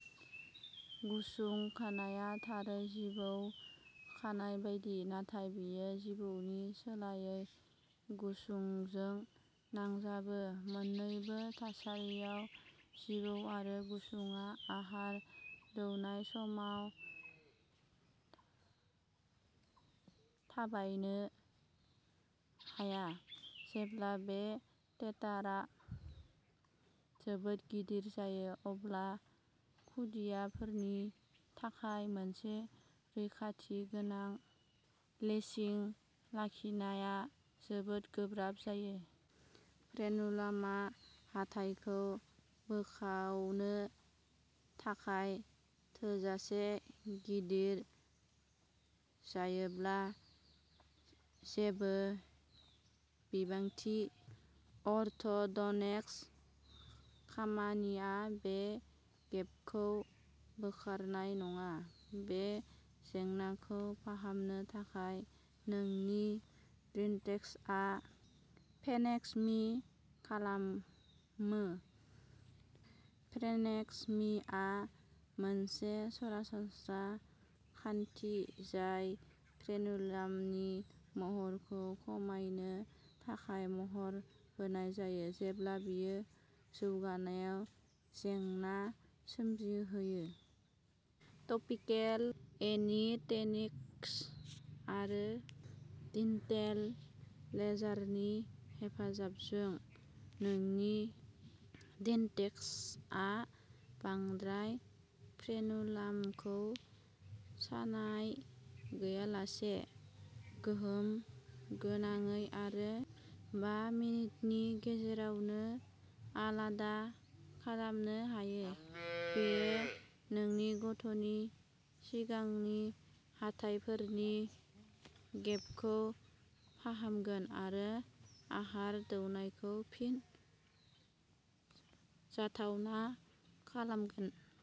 गुसुं खानायआ थारै जिबौ खानाय बायदि, नाथाय बेयो जिबौनि सोलायै गुसुंजों नांजाबो। मोन्नैबो थासारियाव, जिबौ आरो गुसुंआ आहार दौनाय समाव थाबायनो हाया। जेब्ला बे टेथारा जोबोद गिदिर जायो, अब्ला खुदियाफोरनि थाखाय मोनसे रैखाथि गोनां लेचिं लाखिनाया जोबोद गोब्राब जायो। फ्रेनुलामा हाथाइखौ बोखावनो थाखाय थोजासे गेदेर जायोब्ला जेबो बिबांनि अर्थ'डन्टिक खामानिया बे गेपखौ बोखारनाय नङा। बे जेंनाखौ फाहामनो थाखाय, नोंनि डेन्टिस्टआ फ्रेनेक्ट'मी खालामो। फ्रेनेक्ट'मीआ मोनसे सरासनस्रा खान्थि, जाय फ्रेनुलामनि महरखौ खमायनो थाखाय महर होनाय जायो, जेब्ला बेयो जौगानायाव जेंना सोमजिहोयो। टपिकेल एनेस्थेटिक आरो डेन्टेल लेजारनि हेफाजाबजों, नोंनि डेन्टिस्टआ बांद्राय फ्रेनुलामखौ सानाय गैयालासे, गोहोम गोनाङै आरो बा मिनिटनि गेजेरावनो आलादा खालामनो हायो। बेयो नोंनि गथ'नि सिगांनि हाथाइफोरनि गेपखौ फाहामगोन आरो आहार दौनायखौ फिन जाथावना खालामगोन।